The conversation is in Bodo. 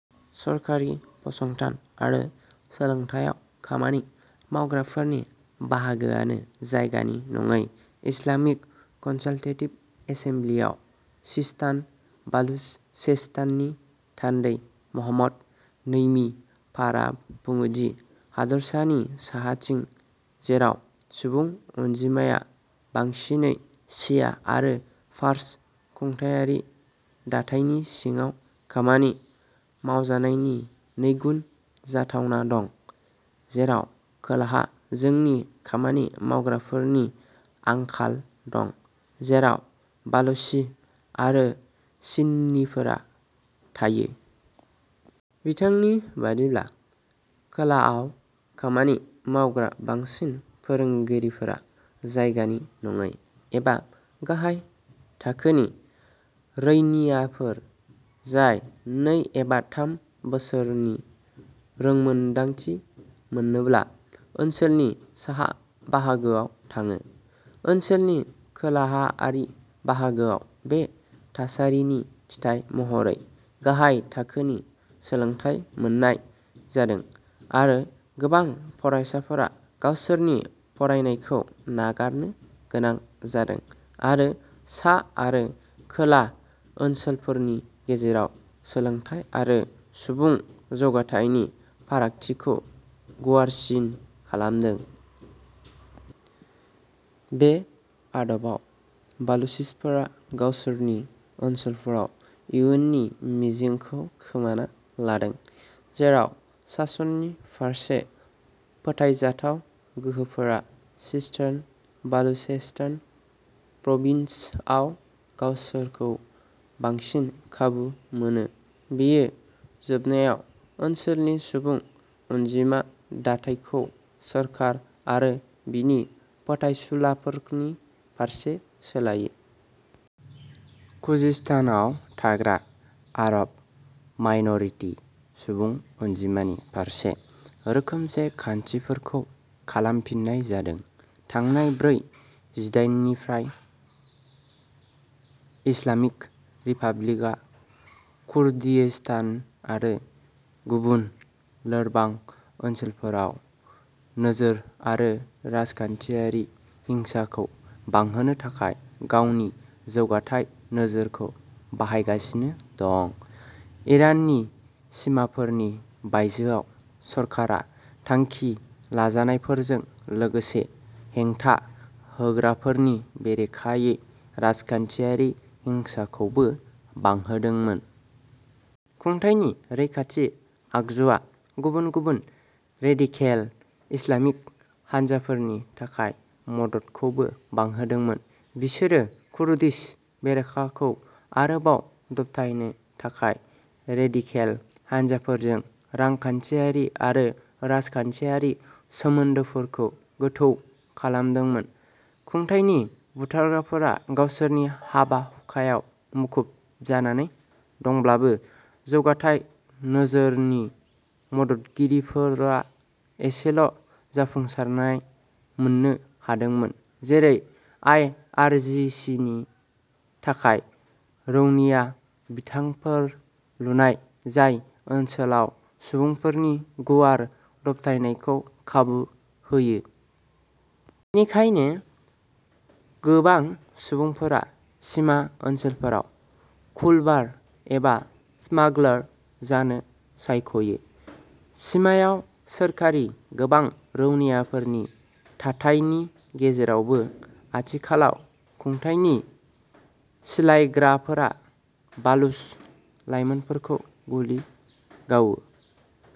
सरखारि फसंथान आरो सोलोंथाइयाव खामानि मावग्राफोरनि बाहागोआनो जायगानि नङै। इस्लामिक कनसालटेटिभ एसेमब्लिआव सिस्तान बालुचेस्ताननि थान्दै महम्मद नैमि फारआ बुङोदि, हादरसानि साहाथिं, जेराव सुबुं अनजिमाया बांसिनै शिया आरो फारस, खुंथायारि दाथायनि सिङाव खामानि मावजानायनि नैगुन जाथावना दं, जेराव खोलाहा जोंनि खामानि मावग्राफोरनि आंखाल दं, जेराव बालुचि आरो सिननिफोरा थायो। बिथांनि बायदिब्ला, खोलाआव खामानि मावग्रा बांसिन फोरोंगिरिफोरा जायगानि नङै एबा गाहाय थाखोनि रैनियाफोर जाय नै एबा थाम बोसोरनि रोंमोन्दांथि मोनोब्ला ओनसोलनि साहा बाहागोआव थाङो। ओनसोलनि खोलाआरि बाहागोआव बे थासारिनि फिथाइ महरै गाहाय थाखोनि सोलोंथाय मोननाय जादों, आरो गोबां फरायसाफोरा गावसोरनि फरायनायखौ नागारनो गोनां जादों आरो सा आरो खोला ओनसोलफोरनि गेजेराव सोलोंथाय आरो सुबुं जौगाथायनि फारागथिखौ गुवारसिन खालामदों। बे आदबाव, बालुचिसफोरा गावसोरनि ओनसोलफोराव इयुननि मिजिंखौ खोमाना लादों, जेराव सासननि फारसे फोथायजाथाव गोहोफोरा सिस्तान बालुचेस्तान प्रभिन्सआव गावसोरखौ बांसिन खाबु मोनो। बेयो जोबनायाव ओनसोलनि सुबुं अनजिमा दाथायखौ सरखार आरो बिनि फोथायसुलाफोरनि फारसे सोलायो। खुजेस्तानआव थाग्रा आरब माइन'रिटि सुबुं अनजिमानि फारसे रोखोमसे खान्थिफोरखौ खालामफिननाय जादों। थांनाय ब्रै जिथाइनिफ्राय, इस्लामिक रिपाब्लिकआ कुर्दिस्तान आरो गुबुन लोरबां ओनसोलफोराव नोजोर आरो राजखान्थियारि हिंसाखौ बांहोनो थाखाय गावनि जौगाथाय नोजोरखौ बाहायगासिनो दं। इराननि सिमाफोरनि बायजोआव, सरखारा थांखि लाजानायफोरजों लोगोसे हेंथा होग्राफोरनि बेरेखायै राजखान्थियारि हिंसाखौबो बांहोदोंमोन। खुंथायनि रैखाथि आगजुआ गुबुन गुबुन रेदिकेल इस्लामिक हानजाफोरनि थाखाय मददखौबो बांहोदोंमोन। बिसोरो कुर्दिश बेरेखाफोरखौ आरोबाव दबथायनो थाखाय रेदिकेल हानजाफोरजों रांखान्थियारि आरो राजखान्थियारि सोमोन्दोफोरखौ गोथौ खालामदोंमोन। खुंथायनि बुथारग्राफोरा गावसोरनि हाबा हुखायाव मुखुब जानानै दंब्लाबो जौगाथाय नोजोरनि मददगिरिफोरा एसेल'जाफुंसारनाय मोननो हादोंमोन जेरै आइआरजिसिनि थाखाय रौनिया बिथांफोर लुनाय जाय ओनसोलाव सुबुंफोरनि गुवार दबथायनायखौ खाबु होयो। निखायनो गोबां सुबुंफोरा सिमा ओनसोलफोराव कुलबार एबा स्मागलार जानो सायख'यो, सिमायाव सोरखारनि गोबां रौनियाफोरनि थाथायनि गेजेरावबो आथिखालाव, खुंथायनि सिलायग्राफोरा बालुच लाइमोनफोरखौ गुलि गावो।